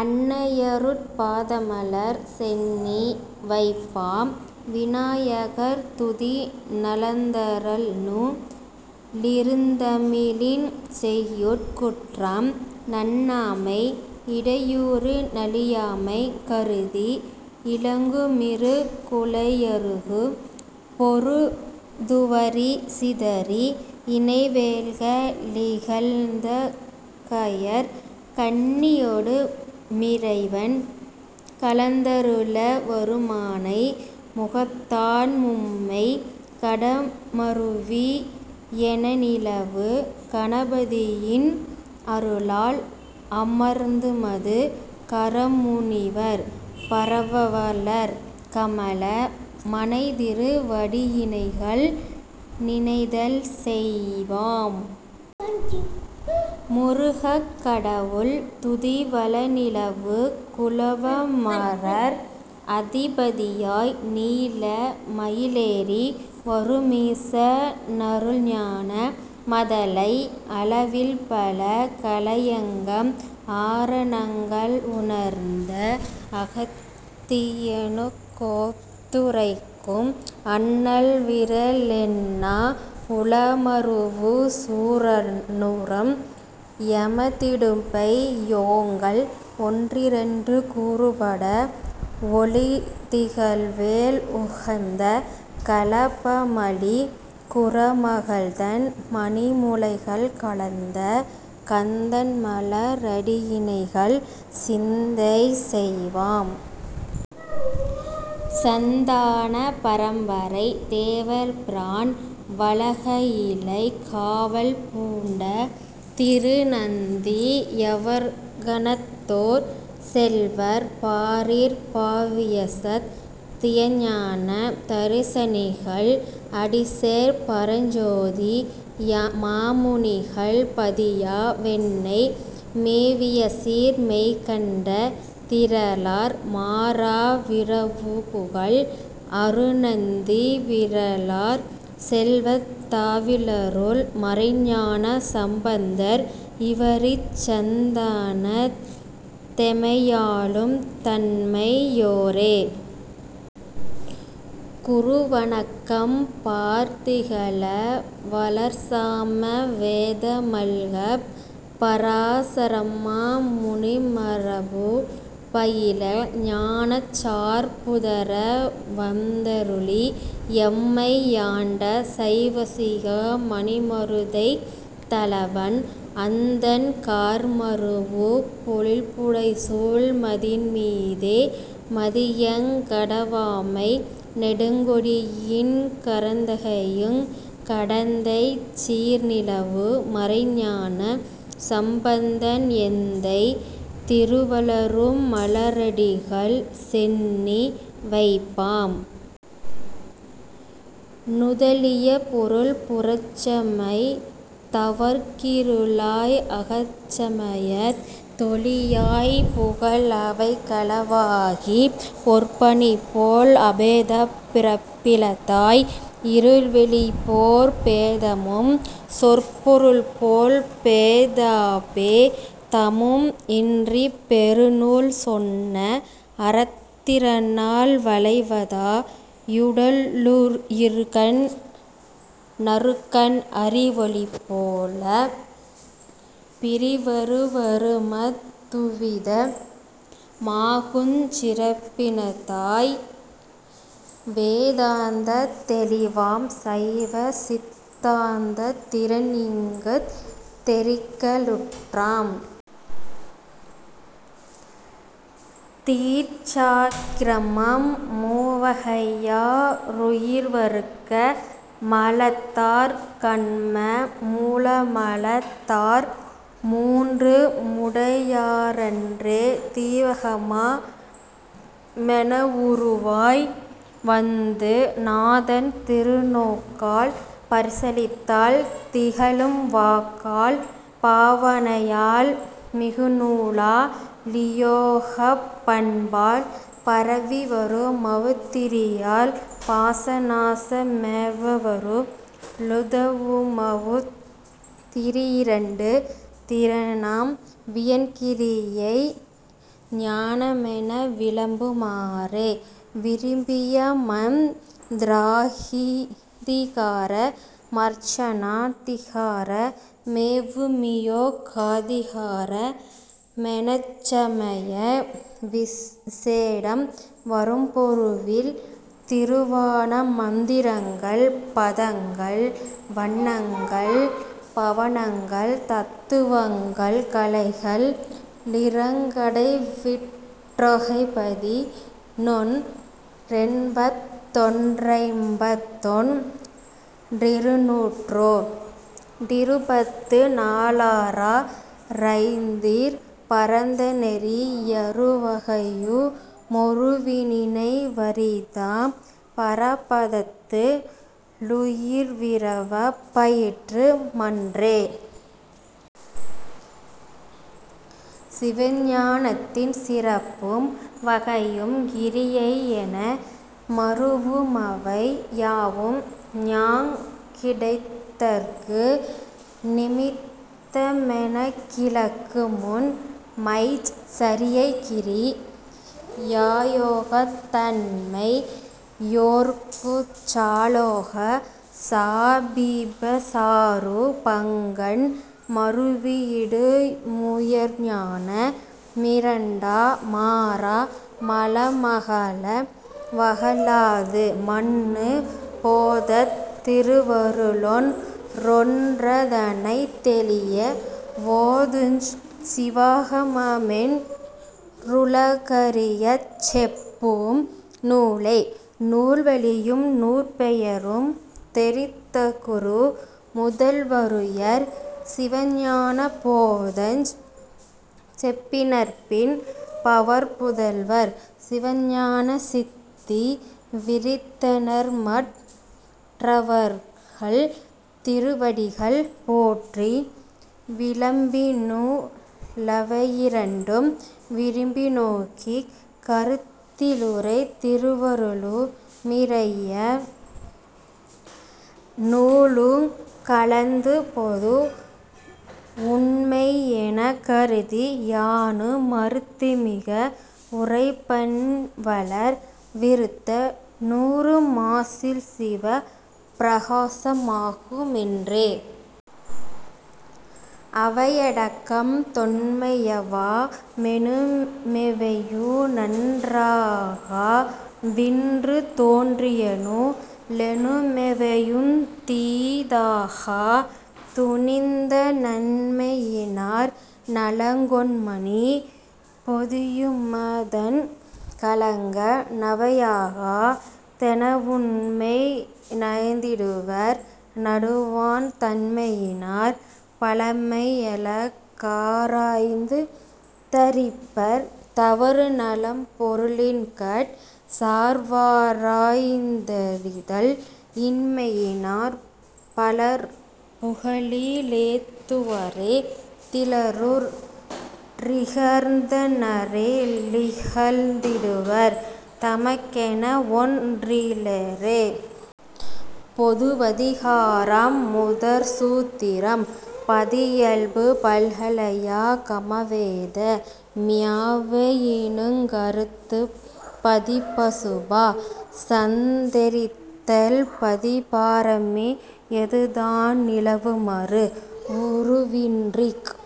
அன்னையருட் பாதமலர் சென்னி வைப்பாம். விநாயகர் துதி நலந்தரல்நூ லிருந்தமிழின் செய்யுட் குற்றம் நண்ணாமை இடையூறு நலியாமை கருதி இலங்குமிரு குழையருகு பொருதுவரி சிதறி இணைவேல்க ளிகழ்ந்தகயற் கண்ணியொடு மிறைவன் கலந்தருள வருமானை முகத்தான் மும்மைக் கடமருவி யெனநிலவு கணபதியின் அருளால் அலர்ந்துமது கரமுனிவர் பரவவளர் கமல மனைதிரு வடியினைகள் நினைதல் செய்வாம். முருகக்கடவுள் துதி வளநிலவு குலவமரர் அதிபதியாய் நீல மயிலேறி வருமீச னருள்ஞான மதலை அளவில்பல கலையங்கம் ஆரணங்கள் உணர்ந்த அகத்தியனுக் கோத்துரைக்கும் அண்ணல்விறலெண்ணா உளமருவு சூரனுரம் எமதிடும்பை யோங்கல் ஒன்றிரண்டு கூறுபட வொளிதிகழ்வேல் உகந்த களபமலி குறமகள்தன் மணிமுலைகள் கலந்த கந்தன்மல ரடியிணைகள் சிந்தை செய்வாம். சந்தான பரம்பரை தேவர்பிரான் வளகயிலைக் காவல் பூண்ட திருநந்தி யவர்கணத்தோர் செல்வர் பாரிற் பாவியசத் தியஞான தரிசனிகள் அடிசேர் பரஞ்சோதி மாமுனிகள் பதியா வெண்ணை மேவியசீர் மெய்கண்ட திறலார் மாறா விரவுபுகழ் அருணந்தி விறலார் செல்வத் தாவிலருள் மறைஞான சம்பந்தர் இவரிச் சந்தானத் தெமையாளும் தன்மை யோரே. குரு வணக்கம் பார்திகழ வளர்சாம வேத மல்கப் பராசரமா முனிமரபு பயில ஞானச் சார்புதர வந்தருளி எம்மை யாண்ட சைவசிகா மணிமருதைத் தலவன் அந்தன் கார்மருவு பொழில்புடைசூழ் மதின்மீதே மதியங் கடவாமை நெடுங்கொடியின் கரந்தகையுங் கடந்தைச் சீர்நிலவு மறைஞான சம்பந்தன் எந்தை திருவளரும் மலரடிகள் சென்னி வைப்பாம். நுதலிய பொருள் புறச்சமயத் தவர்க்கிருளாய் அகச்சமயத் தொளியாய்ப் புகல் அவைக் களவாகிப் பொற்பணிபோல் அபேதப் பிறப்பிலதாய் இருள்வெளிபோற் பேதமும் சொற் பொருள்போல் பேதாபே தமும் இன்றிப் பெருநூல் சொன்ன அறத்திறனால் வளைவதா யுடலுயிர்கண் ணருக்கன் அறிவொளிபோல் பிறிவருவருமத் துவித மாகுஞ் சிறப்பினதாய் வேதாந்தத் தெளிவாம் சைவ சித்தாந்தத் திறன்இங்குத் தெரிக்கலுற்றாம். தீட்சாக்கிரமம் மூவகையா ருயிர்வருக்க மலத்தார் கன்ம மூலமலத் தார்மூன்று முடையாரன்றே தீவகமா மெனவுருவாய் வந்து நாதன் திருநோக்கால் பரிசத்தால் திகழும் வாக்கால் பாவனையால் மிகுநூலா லியோகப் பண்பால் பரவிவரு மவுத்திரியால் பாச நாச மேவவரு ளுதவுமவுத் திரியிரண்டு திறனாம் வியன்கிரியை ஞானமென விளம்பு மாறே. விரும்பியமந் திராதிகார மர்ச்சனா திகார மேவுமியோ காதிகார மெனச்சமய விசேடம் வரும்பொருவில் நிருவாண மந்திரங்கள் பதங்கள் வன்னங்கள் பவனங்கள் தத்துவங்கள் கலைகள் ளிரங்கடைவிற்றொகைபதினொன் றெண்பத் தொன்றைம்பத்தொன் றிருநூற்றோ டிருபத்து நாலாறா றைந்திற் பரந்தநெறி யறுவகையு மொருவிநினை வரிதாம் பரபதத்து ளுயிர்விரவப் பயிற்று மன்றே. சிவஞானத்தின் சிறப்பும் வகையும் கிரியையென மருவுமவை யாவும் ஞாங் கிடைத்தற்கு நிமித்தமெனக்கிளக்குமுண்மைச் சரியைகிரி யாயோகத் தன்மையோர்க்குச் சாலோக சாமீப சாரூ பங்கண் மருவியிடு முயர்ஞான மிரண்டா மாறா மலமகல வகலாது மன்னு போதத் திருவருளொன் றொன்றதனைத் தெளிய வோதுஞ் சிவாகமமென் றுலகறியச் செப்பும் நூலே. நூல்வழியும் நூற்பெயரும் தெரித்தகுரு முதல்வருயர் சிவஞான போதஞ் செப்பினர்பின் பவர்புதல்வர் சிவஞான சித்தி விரித்தனர்மற் றவர்கள்திரு வடிகள் போற்றி விளம்பிநூ லவையிரண்டும் விரும்பினோக்கிக் கருத்திலுறை திருவருளு மிறைவ னூலுங் கலந்துபொது வுண்மையெனக் கருதி யானு மருத்திமிக வுரைப்பன்வளர் விருத்த நூறு மாசில்சிவப் பிரகாச மாகு மென்றே. அவையடக்கம் தொன்மையவா மெனுமெவையு நன்றாகா வின்று தோன்றியநூ லெனுமெவையுந் தீதாகா துணிந்த நன்மையினார் நலங்கொண்மணி பொதியுமதன் களங்க நவையாகா தெனவுண்மை நயந்திடுவர் நடுவாந் தன்மையினார் பழமையழ காராய்ந்து தரிப்பர் தவறுநலம் பொருளின்கட் சார்வாராய்ந்தறிதல் இன்மையினார் பலர்புகழி லேத்துவரே திலருற் றிகழ்ந்தனரே லிகழ்ந்திடுவர் தமக்கென வொன் றிலரே. பொது வதிகாரம் முதற் சூத்திரம்.பதி இயல்பு பல்கலையா கமவேத மியாவையினுங் கருத்துப் பதிபசுபா சந்தெரித்தல்பதிபாரமே யதுதான் நிலவுமரு வுருவின்றிக்